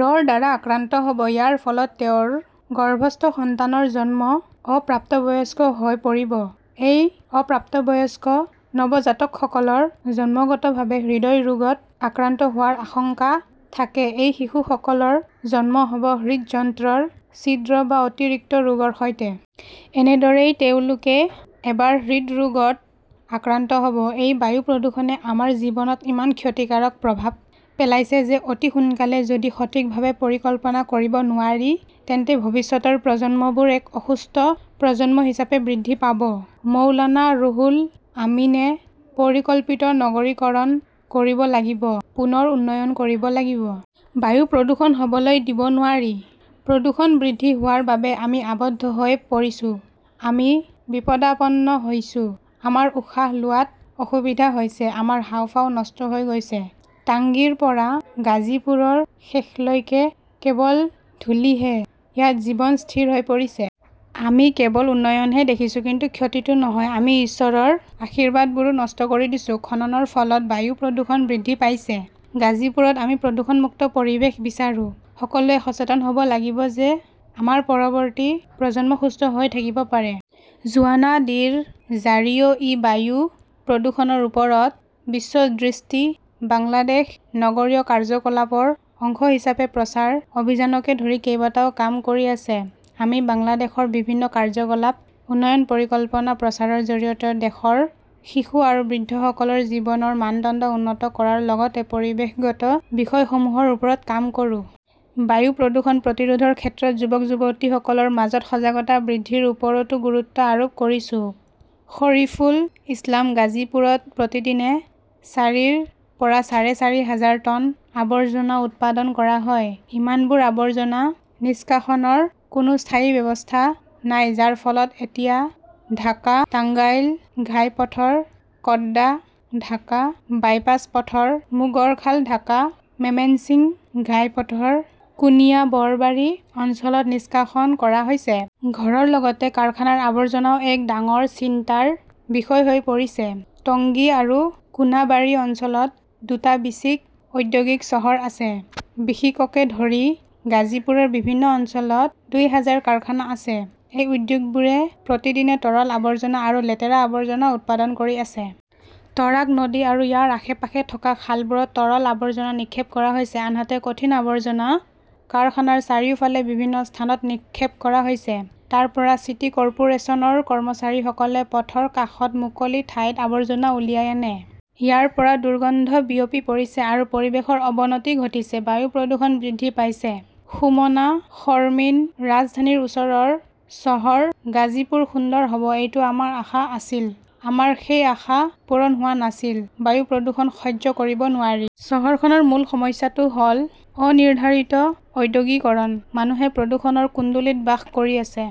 ৰ দ্বাৰা আক্ৰান্ত হ 'ব। ইয়াৰ ফলত তেওঁৰ গৰ্ভস্থ সন্তানৰ জন্ম অপ্ৰাপ্তবয়স্ক হৈ পৰিব। এই অপ্ৰাপ্তবয়স্ক নৱজাতকসকলৰ জন্মগতভাৱে হৃদৰোগত আক্ৰান্ত হোৱাৰ আশংকা থাকে। এই শিশুসকলৰ জন্ম হ’ব হৃদযন্ত্ৰৰ ছিদ্ৰ বা অতিৰিক্ত ৰোগৰ সৈতে। এনেদৰেই তেওঁলোকে এবাৰ হৃদৰোগত আক্ৰান্ত হ’ব। এই বায়ু প্ৰদূষণে আমাৰ জীৱনত ইমান ক্ষতিকাৰক প্ৰভাৱ পেলাইছে যে অতি সোনকালে যদি সঠিকভাৱে পৰিকল্পনা কৰিব নোৱাৰি, তেন্তে ভৱিষ্যতৰ প্ৰজন্মবোৰ এক অসুস্থ প্ৰজন্ম হিচাপে বৃদ্ধি পাব। মৌলানা ৰুহুল আমিনে পৰিকল্পিত নগৰীকৰণ কৰিব লাগিব, পুনৰ উন্নয়ন কৰিব লাগিব। বায়ু প্ৰদূষণ হ’বলৈ দিব নোৱাৰি। প্ৰদূষণ বৃদ্ধি হোৱাৰ বাবে আমি আবদ্ধ হৈ পৰিছো। আমি বিপদাপন্ন হৈছো। আমাৰ উশাহ লোৱাত অসুবিধা হৈছে। আমাৰ হাঁওফাঁও নষ্ট হৈ গৈছে। টাংগীৰ পৰা গাজিপুৰৰ শেষলৈকে কেৱল ধূলিহে। ইয়াত জীৱন স্থিৰ হৈ পৰিছে। আমি কেৱল উন্নয়নহে দেখিছোঁ, কিন্তু ক্ষতিটো নহয়। আমি ঈশ্বৰৰ আশীৰ্বাদবোৰো নষ্ট কৰি দিছো। খননৰ ফলত বায়ু প্ৰদূষণ বৃদ্ধি পাইছে। গাজিপুৰত আমি প্ৰদূষণমুক্ত পৰিৱেশ বিচাৰো। সকলোৱে সচেতন হ 'ব লাগিব যে আমাৰ পৰৱৰ্তী প্ৰজন্ম সুস্থ হৈ থাকিব পাৰে। জোৱানা ডি ৰ 'জাৰিঅ' ই বায়ু প্ৰদূষণৰ ওপৰত বিশ্ব দৃষ্টি বাংলাদেশ নগৰীয় কাৰ্যকলাপৰ অংশ হিচাপে প্ৰচাৰ অভিযানকে ধৰি কেইবাটাও কাম কৰি আছে। আমি বাংলাদেশৰ বিভিন্ন কাৰ্যকলাপ, উন্নয়ন পৰিকল্পনা, প্ৰচাৰৰ জৰিয়তে দেশৰ শিশু আৰু বৃদ্ধসকলৰ জীৱনৰ মানদণ্ড উন্নত কৰাৰ লগতে পৰিৱেশগত বিষয়সমূহৰ ওপৰত কাম কৰো। বায়ু প্ৰদূষণ প্ৰতিৰোধৰ ক্ষেত্ৰত যুৱক-যুৱতীসকলৰ মাজত সজাগতা বৃদ্ধিৰ ওপৰতো গুৰুত্ব আৰোপ কৰিছো। শৰীফুল ইছলাম গাজীপুৰত প্ৰতিদিনে চাৰিৰ পৰা চাৰে চাৰি হাজাৰ টন আৱৰ্জনা উৎপাদন কৰা হয়। ইমানবোৰ আৱৰ্জনা নিষ্কাশনৰ কোনো স্থায়ী ব্যৱস্থা নাই, যাৰ ফলত এতিয়া ঢাকা-টাঙ্গাইল ঘাইপথৰ কড্ডা, ঢাকা-বাইপাছ পথৰ মোগৰখাল, ঢাকা-মেমিন্সিং ঘাইপথৰ কুনিয়া বৰবাৰী অঞ্চলত নিষ্কাশন কৰা হৈছে। ঘৰৰ লগতে কাৰখানাৰ আৱৰ্জনাও এক ডাঙৰ চিন্তাৰ বিষয় হৈ পৰিছে। টংগী আৰু কোনাবাৰী অঞ্চলত দুটা বিচিক ঔদ্যোগিক চহৰ আছে। বিসিককে ধৰি গাজীপুৰৰ বিভিন্ন অঞ্চলত দুই হাজাৰ কাৰখানা আছে। এই উদ্যোগবোৰে প্ৰতিদিনে তৰল আৱৰ্জনা আৰু লেতেৰা আৱৰ্জনা উৎপাদন কৰি আছে। তৰাগ নদী আৰু ইয়াৰ আশে-পাশে থকা খালবোৰত তৰল আৱৰ্জনা নিক্ষেপ কৰা হৈছে, আনহাতে কঠিন আৱৰ্জনা কাৰখানাৰ চাৰিওফালে বিভিন্ন স্থানত নিক্ষেপ কৰা হৈছে। তাৰ পৰা চিটি কৰ্পোৰেচনৰ কৰ্মচাৰীসকলে পথৰ কাষত মুকলি ঠাইত আৱৰ্জনা উলিয়াই আনে। ইয়াৰ পৰা দুৰ্গন্ধ বিয়পি পৰিছে আৰু পৰিৱেশৰ অৱনতি ঘটিছে। বায়ু প্ৰদূষণ বৃদ্ধি পাইছে। সুমনা শৰ্মিন ৰাজধানীৰ ওচৰৰ চহৰ গাজীপুৰ সুন্দৰ হ 'ব এইটো আমাৰ আশা আছিল। আমাৰ সেই আশা পূৰণ হোৱা নাছিল। বায়ু প্ৰদূষণ সহ্য কৰিব নোৱাৰি। চহৰখনৰ মূল সমস্যাটো হ’ল অনিৰ্ধাৰিত ঔদ্যোগিকৰণ। মানুহে প্ৰদূষণৰ কুণ্ডলীত বাস কৰি আছে।